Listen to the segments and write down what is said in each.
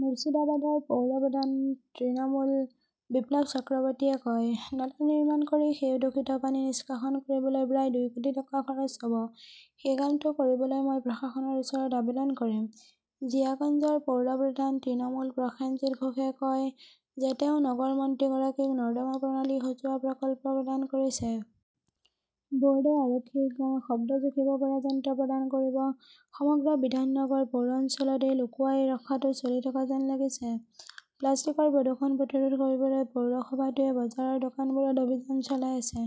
মুৰ্ছিদাবাদৰ পৌৰ প্ৰধান তৃণমূল বিপ্লৱ চক্ৰৱৰ্তীয়ে কয়, নলা নিৰ্মাণ কৰি সেই দূষিত পানী নিষ্কাশন কৰিবলৈ প্ৰায় দুই কোটি টকা খৰচ হব । সেই কামটো কৰিবলৈ মই প্ৰশাসনৰ ওচৰত আবেদন কৰিম। জিয়াগঞ্জৰ পৌৰ প্ৰধান তৃণমূল প্ৰসেনজিৎ ঘোষে কয় যে তেওঁ নগৰ মন্ত্ৰীগৰাকীক নৰ্দমা প্ৰণালী সজোৱাৰ প্ৰকল্প প্ৰদান কৰিছে। বোৰ্ডে আৰক্ষীক শব্দ জুখিব পৰা যন্ত্ৰ প্ৰদান কৰিব সমগ্ৰ বিধাননগৰ পৌৰ অঞ্চলত এই লুকুৱাই ৰখাটো চলি থকা যেন লাগিছে। প্লাষ্টিকৰ প্ৰদূষণ প্ৰতিৰোধ কৰিবলৈ পৌৰসভাটোৱে বজাৰৰ দোকানবোৰত অভিযান চলাই আছে।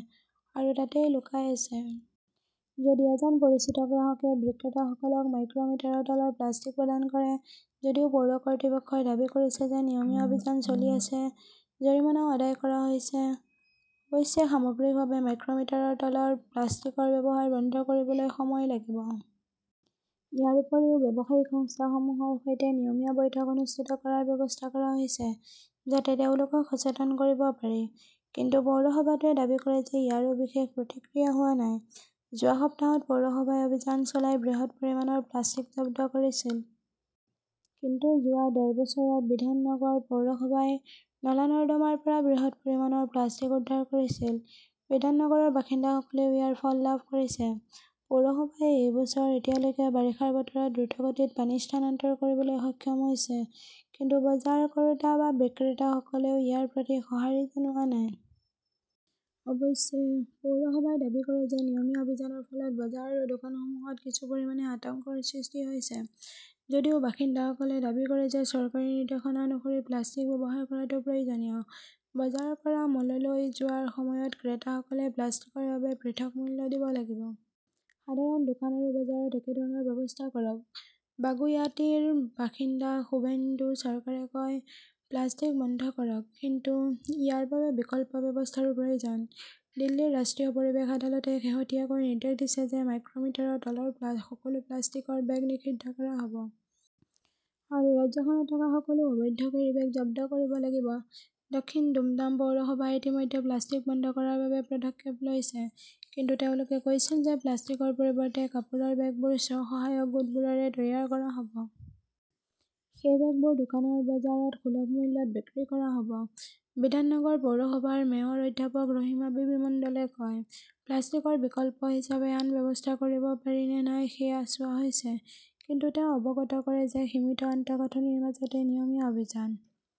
আৰু তাতেই লুকাই আছে। যদি এজন পৰিচিত গ্ৰাহকে বিক্ৰেতাসকলক মাইক্ৰ মিটাৰৰ তলৰ প্লাষ্টিক প্ৰদান কৰে। যদিও পৌৰ কৰ্তৃপক্ষই দাবী কৰিছে যে নিয়মীয়া অভিযান চলি আছে। জৰিমনাও আদায় কৰা হৈছে। অৱশ্যে সামগ্ৰিকভাৱে মাইক্ৰ মিটাৰৰ তলৰ প্লাষ্টিকৰ ব্যৱহাৰ বন্ধ কৰিবলৈ সময় লাগিব। ইয়াৰ উপৰিও ব্যৱসায়িক সংস্থাসমূহৰ সৈতে নিয়মীয়া বৈঠক অনুষ্ঠিত কৰাৰ ব্যৱস্থা কৰা হৈছে, যাতে তেওঁলোকক সচেতন কৰিব পাৰি। কিন্তু পৌৰসভাটোৱে দাবী কৰে যে ইয়াৰো বিশেষ প্ৰতিক্ৰিয়া হোৱা নাই। যোৱা সপ্তাহত পৌৰসভাই অভিযান চলাই বৃহৎ পৰিমাণৰ প্লাষ্টিক জব্দ কৰিছিল। কিন্তু যোৱা ডেৰ বছৰত বিধাননগৰ পৌৰসভাই নলা-নৰ্দমাৰ পৰা বৃহৎ পৰিমাণৰ প্লাষ্টিক উদ্ধাৰ কৰিছিল। বিধাননগৰৰ বাসিন্দাসকলেও ইয়াৰ ফল লাভ কৰিছে। পৌৰসভাই এই বছৰ এতিয়ালৈকে বাৰিষাৰ বতৰত দ্ৰুতগতিত পানী স্থানান্তৰ কৰিবলৈ সক্ষম হৈছে। কিন্তু বজাৰ কৰোঁতা বা বিক্ৰেতাসকলেও ইয়াৰ প্ৰতি সঁহাৰি জনোৱা নাই। অৱশ্যে, পৌৰসভাই দাবী কৰে যে নিয়মীয়া অভিযানৰ ফলত বজাৰ আৰু দোকানসমূহত কিছু পৰিমাণে আতংকৰ সৃষ্টি হৈছে। যদিও বাসিন্দাসকলে দাবী কৰে যে চৰকাৰী নিৰ্দেশনা অনুসৰি প্লাষ্টিক ব্যৱহাৰ কৰাটো প্ৰয়োজনীয়। বজাৰ কৰা মললৈ যোৱাৰ সময়ত ক্ৰেতাসকলে প্লাষ্টিকৰ বাবে পৃথক মূল্য দিব লাগিব। সাধাৰণ দোকান আৰু বজাৰত একেধৰণৰ ব্যৱস্থা কৰক। বাগুইয়াটীৰ বাসিন্দা সুভেন্দু চৰকাৰে কয়, প্লাষ্টিক বন্ধ কৰক। কিন্তু ইয়াৰ বাবে বিকল্প ব্যৱস্থাৰো প্ৰয়োজন। দিল্লীৰ ৰাষ্ট্ৰীয় পৰিৱেশ আদালতে শেহতীয়াকৈ নিৰ্দেশ দিছে যে মাইক্ৰমিটাৰৰ তলৰ সকলো প্লাষ্টিকৰ বেগ নিষিদ্ধ কৰা হব। আৰু ৰাজ্যখনত থকা সকলো অবৈধ কেৰীবেগ জব্দ কৰিব লাগিব। দক্ষিণ দুমডাম পৌৰসভাই ইতিমধ্যে প্লাষ্টিক বন্ধ কৰাৰ বাবে পদক্ষেপ লৈছে। কিন্তু তেওঁলোকে কৈছিল যে প্লাষ্টিকৰ পৰিৱৰ্তে কাপোৰৰ বেগবোৰ স্ব-সহায়ক গোটবোৰেৰে তৈয়াৰ কৰা হ 'ব। সেই বেগবোৰ দোকানৰ বজাৰত সুলভ মূল্যত বিক্ৰী কৰা হ 'ব। বিধাননগৰ পৌৰসভাৰ মেয়ৰ অধ্যাপক ৰাহিমা বিবি মণ্ডলে কয়, প্লাষ্টিকৰ বিকল্প হিচাপে আন ব্যৱস্থা কৰিব পাৰি নে নাই সেয়া চোৱা হৈছে। ""কিন্তু তেওঁ অৱগত কৰে যে সীমিত আন্তঃগাঁথনিৰ মাজতে নিয়মীয়া অভিযান"